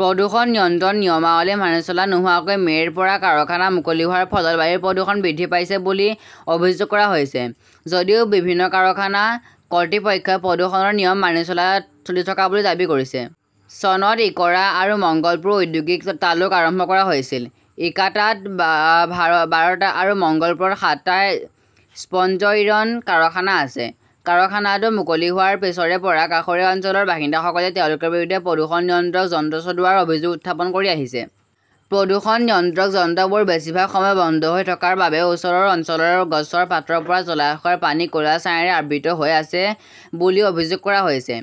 প্ৰদূষণ নিয়ন্ত্ৰণ নিয়মাৱলী মানি চলা নোহোৱাকৈ মে 'ৰ পৰা কাৰখানা মুকলি হোৱাৰ ফলত বায়ুৰ প্ৰদূষণ বৃদ্ধি পাইছে বুলি অভিযোগ কৰা হৈছে। যদিও বিভিন্ন কাৰখানা কৰ্তৃপক্ষই প্ৰদূষণৰ নিয়ম মানি চলি থকা বুলি দাবী কৰিছে। চনত ইকৰা আৰু মঙ্গলপুৰ ঔদ্যোগিক তালুক আৰম্ভ কৰা হৈছিল। ইকাতাত বাৰটা আৰু মঙ্গলপুৰত সাতটা স্পঞ্জইৰন কাৰখানা আছে। কাৰখানাটো মুকলি হোৱাৰ পিছৰে পৰা কাষৰীয়া অঞ্চলৰ বাসিন্দাসকলে তেওঁলোকৰ বিৰুদ্ধে প্ৰদূষণ নিয়ন্ত্ৰক যন্ত্ৰ চলোৱাৰ অভিযোগ উত্থাপন কৰি আহিছে। প্ৰদূষণ নিয়ন্ত্ৰক যন্ত্ৰবোৰ বেছিভাগ সময় বন্ধ হৈ থকাৰ বাবে ওচৰৰ অঞ্চলৰ গছৰ পাতৰ পৰা জলাশয়ৰ পানী ক 'লা ছাইৰে আবৃত হৈ আছে বুলিও অভিযোগ কৰা হৈছে।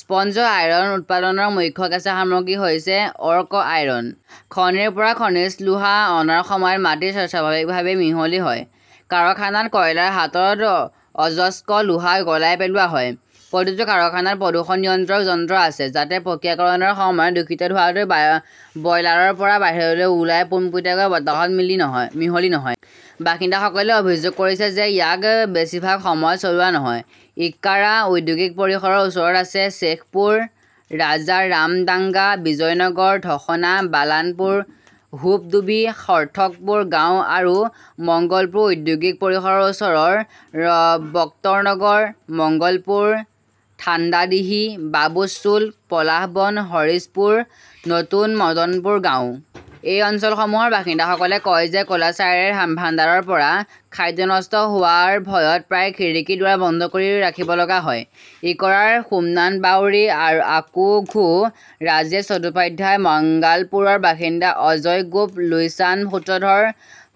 স্পঞ্জ আইৰণ উৎপাদনৰ মুখ্য কেঁচা সামগ্ৰী হৈছে অৰ্ক আইৰণ। খনিৰ পৰা খনিজ লোহা অনাৰ সময়ত মাটি স্বাভাৱিকভাৱেই মিহলি হয়। কাৰখানাত কয়লাৰ সহায়ত অযস্ক লোহা গলাই পেলোৱা হয়। প্ৰতিটো কাৰখানাত প্ৰদূষণ নিয়ন্ত্ৰক যন্ত্ৰ আছে যাতে প্ৰক্ৰিয়াকৰণৰ সময়ত দূষিত ধোঁৱাটো বয়লাৰৰ পৰা বাহিৰলৈ ওলাই পোনপটীয়াকৈ বতাহত মিহলি নহয়। বাসিন্দাসকলে অভিযোগ কৰিছে যে ইয়াক বেছিভাগ সময়ত চলোৱা নহয়। ইক্কাৰা ঔদ্যোগিক পৰিসৰৰ ওচৰত আছে শ্বেখপুৰ, ৰাজাৰামডাংগা, বিজয়নগৰ, ধসনা, বালানপুৰ, হুবডুবি, সৰ্থকপুৰ গাঁও আৰু মঙ্গলপুৰ ঔদ্যোগিক পৰিসৰৰ ওচৰৰ বক্তৰনগৰ, মঙ্গলপুৰ, থান্ডাডিহি, বাবুশ্বোল, পলাশবন, হৰিশপুৰ, নতুন মদনপুৰ গাঁও। এই অঞ্চলসমূহৰ বাসিন্দাসকলে কয় যে ক 'লা ছাইৰে ভাণ্ডাৰৰ পৰা খাদ্য নষ্ট হোৱাৰ ভয়ত প্ৰায়ে খিৰিকী, দুৱাৰ বন্ধ কৰি ৰাখিব লগা হয়। ইকৰাৰ সোমনাথ বাউৰী, আকু ঘোষ, ৰাজেশ চট্টোপাধ্যায়, মাংগালপুৰৰ বাসিন্দা অজয় গোপ, লুইচান্দ সূত্ৰধৰ,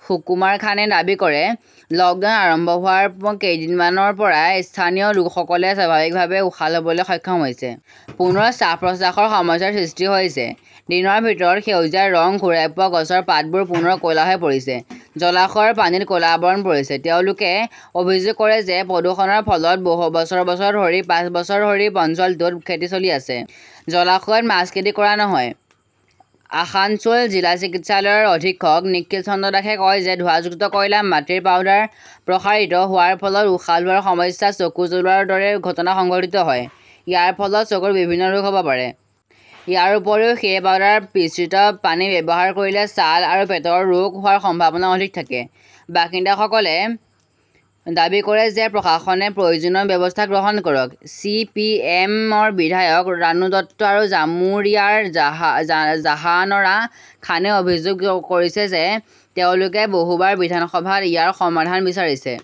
সুকুমাৰ খানে দাবী কৰে, লকডাউন আৰম্ভ হোৱাৰ কেইদিনমানৰ পৰাই স্থানীয় লোকসকলে স্বাভাৱিকভাৱে উশাহ লবলৈ সক্ষম হৈছে। পুনৰ শ্বাস-প্ৰশ্বাসৰ সমস্যাৰ সৃষ্টি হৈছে। দিনৰ ভিতৰত সেউজীয়া ৰং ঘূৰাই পোৱা গছৰ পাতবোৰ পুনৰ ক 'লা হৈ পৰিছে। জলাশয়ৰ পানীত ক 'লা আৱৰণ পৰিছে। তেওঁলোকে অভিযোগ কৰে যে প্ৰদূষণৰ ফলত বছৰ বছৰ ধৰি পাঁচ বছৰ ধৰি অঞ্চলটোত খেতি চলি আছে। জলাশয়ত মাছ খেতি কৰা নহয়। আসানছোল জিলা চিকিৎসালয়ৰ অধীক্ষক নিখিল চন্দ্ৰ দাসে কয় যে ধোঁৱাযুক্ত কয়লা, মাটিৰ পাউডাৰ প্ৰসাৰিত হোৱাৰ ফলত উশাহ লোৱাৰ সমস্যা, চকু জ্বলোৱাৰ দৰে ঘটনা সংঘটিত হয়। ইয়াৰ ফলত চকুৰ বিভিন্ন ৰোগ হব পাৰে। ইয়াৰ উপৰিও, সেই পাউডাৰ মিশ্ৰিত পানী ব্যৱহাৰ কৰিলে ছাল আৰু পেটৰ ৰোগ হোৱাৰ সম্ভাৱনা অধিক থাকে। বাসিন্দাসকলে দাবী কৰে যে প্ৰশাসনে প্ৰয়োজনীয় ব্যৱস্থা গ্ৰহণ কৰক। চি. পি. এম. -ৰ বিধায়ক ৰানু দত্ত আৰু জামুৰিয়াৰ জাহানৰা খানে অভিযোগ কৰিছে যে তেওঁলোকে বহুবাৰ বিধান সভাত ইয়াৰ সমাধান বিচাৰিছে।